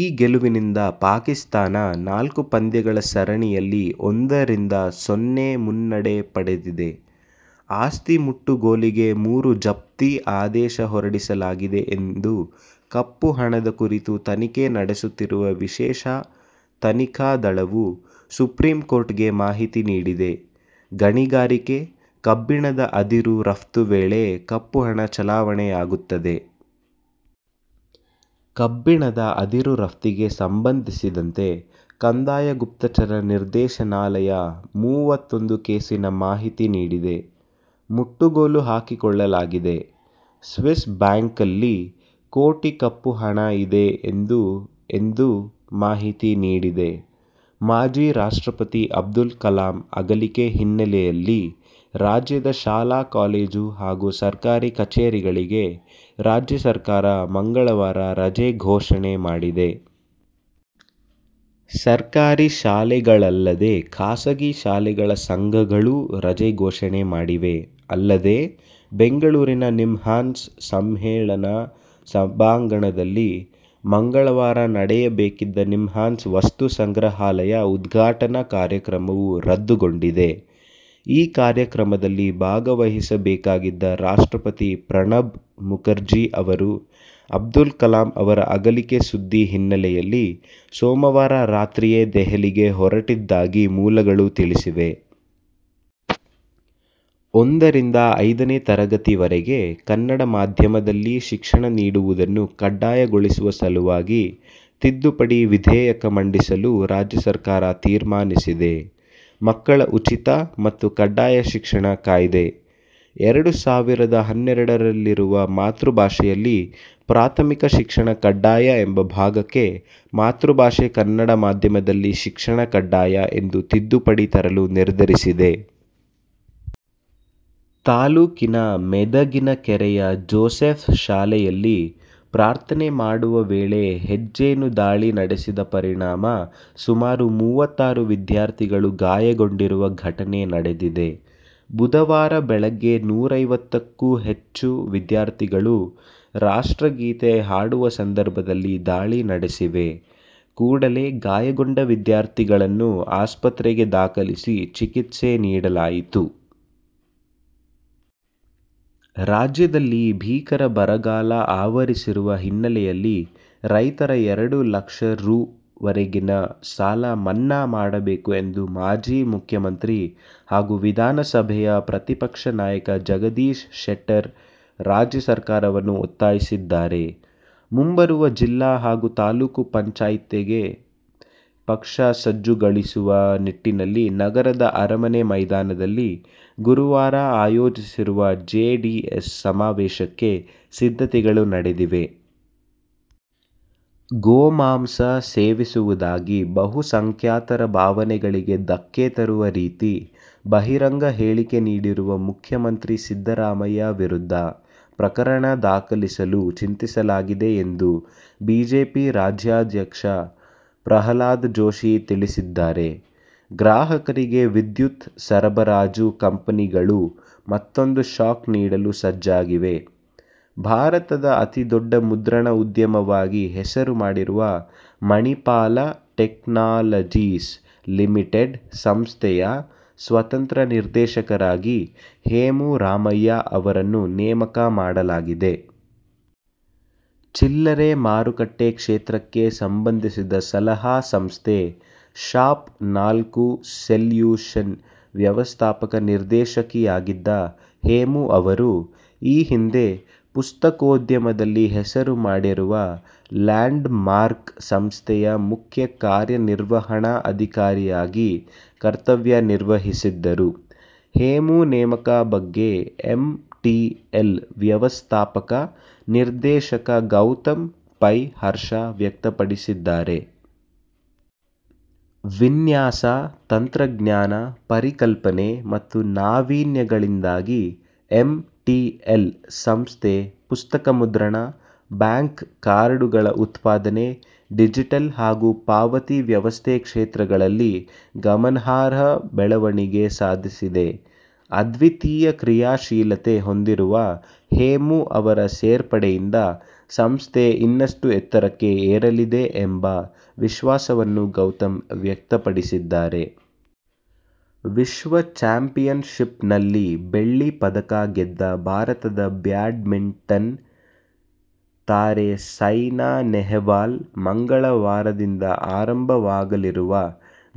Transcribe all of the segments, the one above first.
ಈ ಗೆಲುವಿನಿಂದ ಪಾಕಿಸ್ಥಾನ ನಾಲ್ಕು ಪಂದ್ಯಗಳ ಸರಣಿಯಲ್ಲಿ ಒಂದ ರಿಂದ ಸೊನ್ನೆ ಮುನ್ನಡೆ ಪಡೆದಿದೆ. ಆಸ್ತಿ ಮುಟ್ಟುಗೋಲಿಗೆ ಮೂರು ಜಪ್ತಿ ಆದೇಶ ಹೊರಡಿಸಲಾಗಿದೆ ಎಂದು ಕಪ್ಪುಹಣದ ಕುರಿತು ತನಿಖೆ ನಡೆಸುತ್ತಿರುವ ವಿಶೇಷ ತನಿಖಾ ದಳವು, ಸುಪ್ರೀಂಕೋರ್ಟ್ಗೆ ಮಾಹಿತಿ ನೀಡಿದೆ. ಗಣಿಗಾರಿಕೆ, ಕಬ್ಬಿಣದ ಅದಿರು ರಫ್ತು ವೇಳೆ ಕಪ್ಪುಹಣ ಚಲಾವಣೆಯಾಗುತ್ತದೆ. ಕಬ್ಬಿಣದ ಅದಿರು ರಫ್ತಿಗೆ ಸಂಬಂಧಿಸಿದಂತೆ ಕಂದಾಯ ಗುಪ್ತಚರ ನಿರ್ದೇಶನಾಲಯ ಮೂವತ್ತೊಂದು ಕೇಸಿನ ಮಾಹಿತಿ ನೀಡಿದೆ. ಮುಟ್ಟುಗೋಲು ಹಾಕಿಕೊಳ್ಳಲಾಗಿದೆ. ಸ್ವಿಸ್ ಬ್ಯಾಂಕಲ್ಲಿ ಕೋಟಿ ಕಪ್ಪು ಹಣ ಇದೆ ಎಂದು ಎಂದು ಮಾಹಿತಿ ನೀಡಿದೆ. ಮಾಜಿ ರಾಷ್ಟ್ರಪತಿ ಅಬ್ದುಲ್ ಕಲಾಂ ಅಗಲಿಕೆ ಹಿನ್ನೆಲೆಯಲ್ಲಿ ರಾಜ್ಯದ ಶಾಲಾ-ಕಾಲೇಜು ಹಾಗೂ ಸರ್ಕಾರಿ ಕಚೇರಿಗಳಿಗೆ ರಾಜ್ಯ ಸರ್ಕಾರ ಮಂಗಳವಾರ ರಜೆ ಘೋಷಣೆ ಮಾಡಿದೆ. ಸರ್ಕಾರಿ ಶಾಲೆಗಳಲ್ಲದೇ ಖಾಸಗಿ ಶಾಲೆಗಳ ಸಂಘಗಳೂ ರಜೆ ಘೋಷಣೆ ಮಾಡಿವೆ. ಅಲ್ಲದೇ ಬೆಂಗಳೂರಿನ ನಿಮ್ಹಾನ್ಸ್ ಸಮ್ಮೇಳನ ಸಭಾಂಗಣದಲ್ಲಿ ಮಂಗಳವಾರ ನಡೆಯಬೇಕಿದ್ದ ನಿಮ್ಹಾನ್ಸ್ ವಸ್ತು ಸಂಗ್ರಹಾಲಯ ಉದ್ಘಾಟನಾ ಕಾರ್ಯಕ್ರಮವು ರದ್ದುಗೊಂಡಿದೆ. ಈ ಕಾರ್ಯಕ್ರಮದಲ್ಲಿ ಭಾಗವಹಿಸಬೇಕಾಗಿದ್ದ ರಾಷ್ಟ್ರಪತಿ ಪ್ರಣಬ್ ಮುಖರ್ಜಿ ಅವರು ಅಬ್ದುಲ್ ಕಲಾಂ ಅವರ ಅಗಲಿಕೆ ಸುದ್ದಿ ಹಿನ್ನೆಲೆಯಲ್ಲಿ ಸೋಮವಾರ ರಾತ್ರಿಯೇ ದೆಹಲಿಗೆ ಹೊರಟಿದ್ದಾಗಿ ಮೂಲಗಳು ತಿಳಿಸಿವೆ. ಒಂದ ರಿಂದ ಐದನೇ ತರಗತಿವರೆಗೆ ಕನ್ನಡ ಮಾಧ್ಯಮದಲ್ಲಿ ಶಿಕ್ಷಣ ನೀಡುವುದನ್ನು ಕಡ್ಡಾಯಗೊಳಿಸುವ ಸಲುವಾಗಿ ತಿದ್ದುಪಡಿ ವಿಧೇಯಕ ಮಂಡಿಸಲು ರಾಜ್ಯ ಸರ್ಕಾರ ತೀರ್ಮಾನಿಸಿದೆ. ಮಕ್ಕಳ ಉಚಿತ ಮತ್ತು ಕಡ್ಡಾಯ ಶಿಕ್ಷಣ ಕಾಯ್ದೆ- ಎರಡು ಸಾವಿರದ ಹನ್ನೆರಡರಲ್ಲಿರುವ ಮಾತೃಭಾಷೆಯಲ್ಲಿ ಪ್ರಾಥಮಿಕ ಶಿಕ್ಷಣ ಕಡ್ಡಾಯ ಎಂಬ ಭಾಗಕ್ಕೆ ಮಾತೃಭಾಷೆ ಕನ್ನಡ ಮಾಧ್ಯಮದಲ್ಲಿ ಶಿಕ್ಷಣ ಕಡ್ಡಾಯ ಎಂದು ತಿದ್ದುಪಡಿ ತರಲು ನಿರ್ಧರಿಸಿದೆ. ತಾಲೂಕಿನ ಮೆದಗಿನಕೆರೆಯ ಜೋಸೆಫ್ ಶಾಲೆಯಲ್ಲಿ ಪ್ರಾರ್ಥನೆ ಮಾಡುವ ವೇಳೆ ಹೆಜ್ಜೆನು ದಾಳಿ ನಡೆಸಿದ ಪರಿಣಾಮ ಸುಮಾರು ಮೂವತ್ತಾರು ವಿದ್ಯಾರ್ಥಿಗಳು ಗಾಯಗೊಂಡಿರುವ ಘಟನೆ ನಡೆದಿದೆ. ಬುಧವಾರ ಬೆಳಗ್ಗೆ ನೂರೈವತ್ತುಕ್ಕೂ ಹೆಚ್ಚು ವಿದ್ಯಾರ್ಥಿಗಳು ರಾಷ್ಟ್ರಗೀತೆ ಹಾಡುವ ಸಂದರ್ಭದಲ್ಲಿ ದಾಳಿ ನಡೆಸಿವೆ. ಕೂಡಲೇ ಗಾಯಗೊಂಡ ವಿದ್ಯಾರ್ಥಿಗಳನ್ನು ಆಸ್ಪತ್ರೆಗೆ ದಾಖಲಿಸಿ ಚಿಕಿತ್ಸೆ ನೀಡಲಾಯಿತು. ರಾಜ್ಯದಲ್ಲಿ ಭೀಕರ ಬರಗಾಲ ಆವರಿಸಿರುವ ಹಿನ್ನೆಲೆಯಲ್ಲಿ ರೈತರ ಎರಡು ಲಕ್ಷ ರೂ. ವರೆಗಿನ ಸಾಲ ಮನ್ನಾ ಮಾಡಬೇಕು ಎಂದು ಮಾಜಿ ಮುಖ್ಯಮಂತ್ರಿ ಹಾಗೂ ವಿಧಾನಸಭೆಯ ಪ್ರತಿಪಕ್ಷ ನಾಯಕ ಜಗದೀಶ್ ಶೆಟ್ಟರ್ ರಾಜ್ಯ ಸರ್ಕಾರವನ್ನು ಒತ್ತಾಯಿಸಿದ್ದಾರೆ. ಮುಂಬರುವ ಜಿಲ್ಲಾ ಹಾಗೂ ತಾಲೂಕು ಪಂಚಾಯತ್ಗೆ ಪಕ್ಷ ಸಜ್ಜುಗೊಳಿಸುವ ನಿಟ್ಟಿನಲ್ಲಿ ನಗರದ ಅರಮನೆ ಮೈದಾನದಲ್ಲಿ ಗುರುವಾರ ಆಯೋಜಿಸಿರುವ ಜೆಡಿಎಸ್ ಸಮಾವೇಶಕ್ಕೆ ಸಿದ್ಧತೆಗಳು ನಡೆದಿವೆ. ಗೋಮಾಂಸ ಸೇವಿಸುವುದಾಗಿ ಬಹುಸಂಖ್ಯಾತರ ಭಾವನೆಗಳಿಗೆ ಧಕ್ಕೆ ತರುವ ರೀತಿ ಬಹಿರಂಗ ಹೇಳಿಕೆ ನೀಡಿರುವ ಮುಖ್ಯಮಂತ್ರಿ ಸಿದ್ಧರಾಮಯ್ಯ ವಿರುದ್ಧ ಪ್ರಕರಣ ದಾಖಲಿಸಲು ಚಿಂತಿಸಲಾಗಿದೆ ಎಂದು ಬಿಜೆಪಿ ರಾಜ್ಯಾಧ್ಯಕ್ಷ ಪ್ರಹ್ಲಾದ ಜೋಶಿ ತಿಳಿಸಿದ್ದಾರೆ. ಗ್ರಾಹಕರಿಗೆ ವಿದ್ಯುತ್ ಸರಬರಾಜು ಕಂಪನಿ ಗಳು ಮತ್ತೊಂದು ಶಾಕ್ ನೀಡಲು ಸಜ್ಜಾಗಿವೆ. ಭಾರತದ ಅತಿ ದೊಡ್ಡ ಮುದ್ರಣ ಉದ್ಯಮವಾಗಿ ಹೆಸರು ಮಾಡಿರುವ ಮಣಿಪಾಲ ಟೆಕ್ನಾಲಜೀಸ್ ಲಿಮಿಟೆಡ್ ಸಂಸ್ಥೆಯ ಸ್ವತಂತ್ರ ನಿರ್ದೇಶಕರಾಗಿ ಹೇಮು ರಾಮಯ್ಯ ಅವರನ್ನು ನೇಮಕ ಮಾಡಲಾಗಿದೆ. ಚಿಲ್ಲರೆ ಮಾರುಕಟ್ಟೆ ಕ್ಷೇತ್ರಕ್ಕೆ ಸಂಬಂಧಿಸಿದ ಸಲಹಾ ಸಂಸ್ಥೆ ಶಾಪ್ ನಾಲ್ಕು ಸೆಲ್ಯೂಷನ್ ವ್ಯವಸ್ಥಾಪಕ ನಿರ್ದೇಶಕಿಯಾಗಿದ್ದ ಹೇಮು ಅವರು, ಈ ಹಿಂದೆ ಪುಸ್ತಕೋದ್ಯಮದಲ್ಲಿ ಹೆಸರು ಮಾಡಿರುವ ಲ್ಯಾಂಡ್ ಮಾರ್ಕ್ ಸಂಸ್ಥೆಯ ಮುಖ್ಯ ಕಾರ್ಯನಿರ್ವಹಣಾ ಅಧಿಕಾರಿಯಾಗಿ ಕರ್ತವ್ಯ ನಿರ್ವಹಿಸಿದ್ದರು. ಹೇಮು ನೇಮಕ ಬಗ್ಗೆ ಎಂಟಿಎಲ್ ವ್ಯವಸ್ಥಾಪಕ ನಿರ್ದೇಶಕ ಗೌತಮ್ ಪೈ ಹರ್ಷ ವ್ಯಕ್ತಪಡಿಸಿದ್ದಾರೆ. ವಿನ್ಯಾಸ, ತಂತ್ರಜ್ಞಾನ, ಪರಿಕಲ್ಪನೆ ಮತ್ತು ನಾವೀನ್ಯಗಳಿಂದಾಗಿ ಎಂಟಿಎಲ್ ಸಂಸ್ಥೆ ಪುಸ್ತಕ ಮುದ್ರಣ, ಬ್ಯಾಂಕ್ ಕಾರ್ಡುಗಳ ಉತ್ಪಾದನೆ, ಡಿಜಿಟಲ್ ಹಾಗೂ ಪಾವತಿ ವ್ಯವಸ್ಥೆ ಕ್ಷೇತ್ರಗಳಲ್ಲಿ ಗಮನಾರ್ಹ ಬೆಳವಣಿಗೆ ಸಾಧಿಸಿದೆ. ಅದ್ವಿತೀಯ ಕ್ರಿಯಾಶೀಲತೆ ಹೊಂದಿರುವ ಹೇಮು ಅವರ ಸೇರ್ಪಡೆಯಿಂದ ಸಂಸ್ಥೆ ಇನ್ನಷ್ಟು ಎತ್ತರಕ್ಕೆ ಏರಲಿದೆ' ಎಂಬ ವಿಶ್ವಾಸವನ್ನು ಗೌತಮ್ ವ್ಯಕ್ತಪಡಿಸಿದ್ದಾರೆ. ವಿಶ್ವ ಚಾಂಪಿಯನ್ಶಿಪ್ನಲ್ಲಿ ಬೆಳ್ಳಿ ಪದಕ ಗೆದ್ದ ಭಾರತದ ಬ್ಯಾಡ್ಮಿಂಟನ್ ತಾರೆ ಸೈನಾ ನೆಹ್ವಾಲ್ ಮಂಗಳವಾರದಿಂದ ಆರಂಭವಾಗಲಿರುವ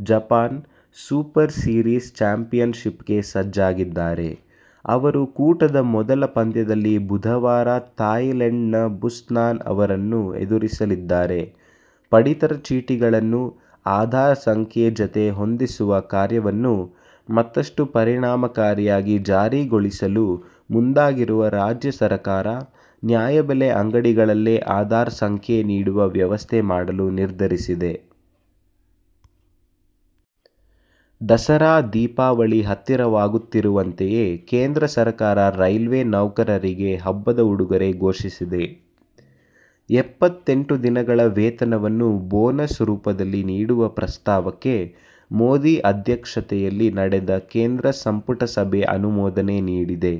ಜಪಾನ್ ಸೂಪರ್ ಸೀರೀಸ್ ಚಾಂಪಿಯನ್ಶಿಪ್ಗೆ ಸಜ್ಜಾಗಿದ್ದಾರೆ. ಅವರು ಕೂಟದ ಮೊದಲ ಪಂದ್ಯದಲ್ಲಿ ಬುಧವಾರ ಥಾಯ್ಲೆಂಡ್ನ ಬುಸ್ನಾನ್ ಅವರನ್ನು ಎದುರಿಸಲಿದ್ದಾರೆ. ಪಡಿತರ ಚೀಟಿಗಳನ್ನು ಆಧಾರ್ ಸಂಖ್ಯೆ ಜತೆ ಹೊಂದಿಸುವ ಕಾರ್ಯವನ್ನು ಮತ್ತಷ್ಟು ಪರಿಣಾಮಕಾರಿಯಾಗಿ ಜಾರಿಗೊಳಿಸಲು ಮುಂದಾಗಿರುವ ರಾಜ್ಯ ಸರಕಾರ, ನ್ಯಾಯಬೆಲೆ ಅಂಗಡಿಗಳಲ್ಲೇ ಆಧಾರ್ ಸಂಖ್ಯೆ ನೀಡುವ ವ್ಯವಸ್ಥೆ ಮಾಡಲು ನಿರ್ಧರಿಸಿದೆ. ದಸರಾ, ದೀಪಾವಳಿ ಹತ್ತಿರವಾಗುತ್ತಿರುವಂತೆಯೇ ಕೇಂದ್ರ ಸರಕಾರ ರೈಲ್ವೇ ನೌಕರರಿಗೆ ಹಬ್ಬದ ಉಡುಗೊರೆ ಘೋಷಿಸಿದೆ. ಎಪ್ಪತೆಂಟು ದಿನಗಳ ವೇತನವನ್ನು ಬೋನಸ್ ರೂಪದಲ್ಲಿ ನೀಡುವ ಪ್ರಸ್ತಾವಕ್ಕೆ ಮೋದಿ ಅಧ್ಯಕ್ಷತೆಯಲ್ಲಿ ನಡೆದ ಕೇಂದ್ರ ಸಂಪುಟ ಸಭೆ ಅನುಮೋದನೆ ನೀಡಿದೆ.